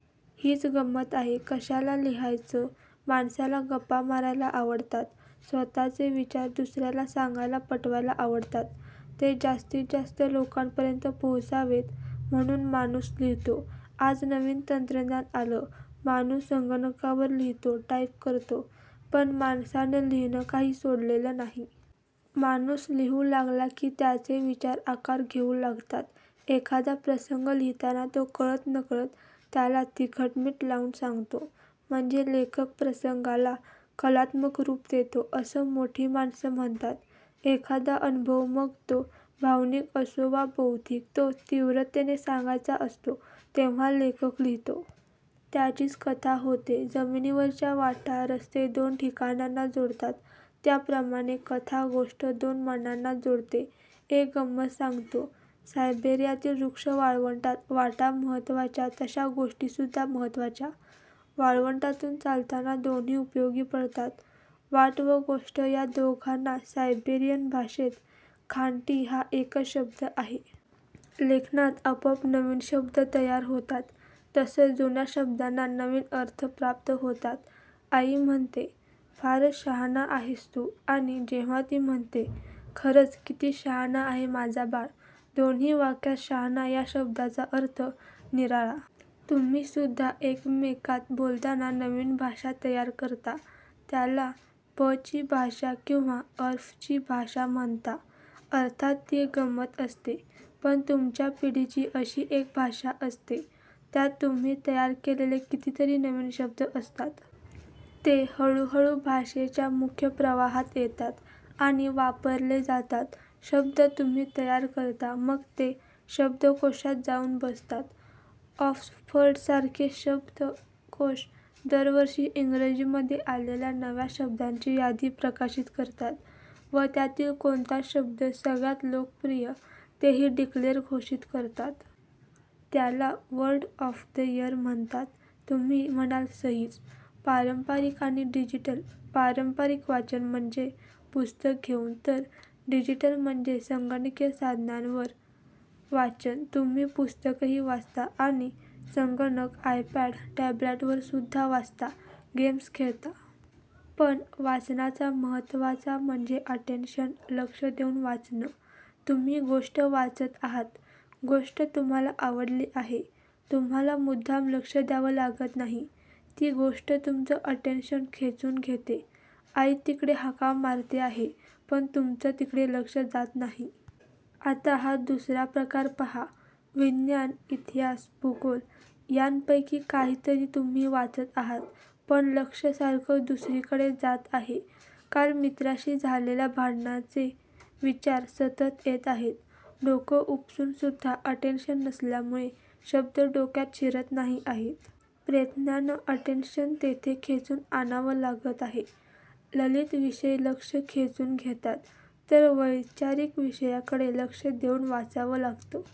हीच गंमत आहे. कशाला लिहायचं माणसाला गप्पा मारायला आवडतात, स्वतःचे विचार दुसऱ्याला सांगायला पटवायला आवडतात. ते जास्तीत जास्त लोकांपर्यंत पोहोचावेत म्हणून माणूस लिहितो. आज नवीन तंत्रज्ञान आलं, माणूस संगणकावर लिहितो, टाइप करतो. पण माणसानं लिहिणं काही सोडलेलं नाही. माणूस लिहू लागला की त्याचे विचार आकार घेऊ लागतात. एखादा प्रसंग लिहिताना तो कळत नकळत त्याला तिखटमिठ लावून सांगतो. म्हणजे लेखक प्रसंगाला 'कलात्मक रूप' देतो असं मोठी माणसं म्हणतात. एखादा अनुभव मग तो भावनिक असो वा बौद्धिक तो तीव्रतेने सांगायचा असतो तेव्हा लेखक लिहितो. त्याचीच कथा होते. जमिनीवरच्या वाटा, रस्ते दोन ठिकाणांना जोडतात. त्याप्रमाणे कथा, गोष्ट दोन मनांना जोडते. एक गंमत सांगतो. सायबेरियातील रूक्ष वाळवंटात 'वाटा' महत्त्वाच्या तशा गोष्टी सुद्धा महत्त्वाच्या. वाळवंटातून चालताना दोन्ही उपयोगी पडतात. वाट व गोष्ट या दोघांना सायबेरियन भाषेत खांटी हा एकच शब्द आहे. लेखनात आपोआप नवीन शब्द तयार होतात तसंच जुन्या शब्दांना नवीन अर्थ प्राप्त होतात. आई म्हणते 'फारच 'शहाणा' आहेस तू' आणि जेव्हा ती म्हणते 'खरंच किती 'शहाणा' आहे माझा बाळ'. दोन्ही वाक्यांत 'शहाणा' या शब्दाचा अर्थ निराळा. तुम्ही सुद्धा एकमेकांत बोलताना नवीन भाषा तयार करता त्याला 'प'ची भाषा किंवा 'अर्फ'ची भाषा म्हणता. अर्थात ती एक गंमत असते. पण तुमच्या पिढीची अशी एक भाषा असते. त्यात तुम्ही तयार केलेले कितीतरी नवीन शब्द असतात. ते हळूहळू भाषेच्या मुख्य प्रवाहात येतात आणि वापरले जातात. शब्द तुम्ही तयार करता मग ते शब्दकोषात जाऊन बसतात. ऑक्सफर्डसारखे शब्दकोष दरवर्षी इंग्रजीमध्ये आलेल्या नव्या शब्दांची यादी प्रकाशित करतात व त्यातील कोणता शब्द सगळ्यात लोकप्रिय तेही 'डिक्लेअर' घोषित करतात. त्याला 'वर्ड ऑफ द इयर' म्हणतात. तुम्ही म्हणाल 'सहीच'! पारंपरिक आणि डिजिटल पारंपरिक वाचन म्हणजे पुस्तक घेऊन तर डिजिटल म्हणजे संगणकीय साधनांवर वाचन. तुम्ही पुस्तकंही वाचता आणि संगणक, आयपॅड, टॅब्लेटवर सुद्धा वाचता, गेम्स खेळता. पण वाचनाचा महत्त्वाचा म्हणजे 'अटेंशन' लक्ष देऊन वाचणं. तुम्ही गोष्ट वाचत आहात. गोष्ट तुम्हाला आवडली आहे. तुम्हाला मुद्दाम लक्ष द्यावं लागत नाही. ती गोष्ट तुमचं अटेंशन खेचून घेते. आई तिकडे हाका मारते आहे पण तुमचं तिकडे लक्ष जात नाही. आता हा दुसरा प्रकार पहा. विज्ञान, इतिहास, भूगोल यांपैकी काहीतरी तुम्ही वाचत आहात. पण लक्ष सारखं दुसरीकडेच जात आहे. काल मित्राशी झालेल्या भांडणाचे विचार सतत येत आहेत. डोकं उपसून सुद्धा 'अटेंशन' नसल्यामुळे शब्द डोक्यात शिरत नाही आहेत. प्रयत्नानं 'अटेंशन' तेथे खेचून आणावं लागत आहे. ललित विषय लक्ष खेचून घेतात तर वैचारिक विषयाकडे लक्ष देऊन वाचावं लागतं.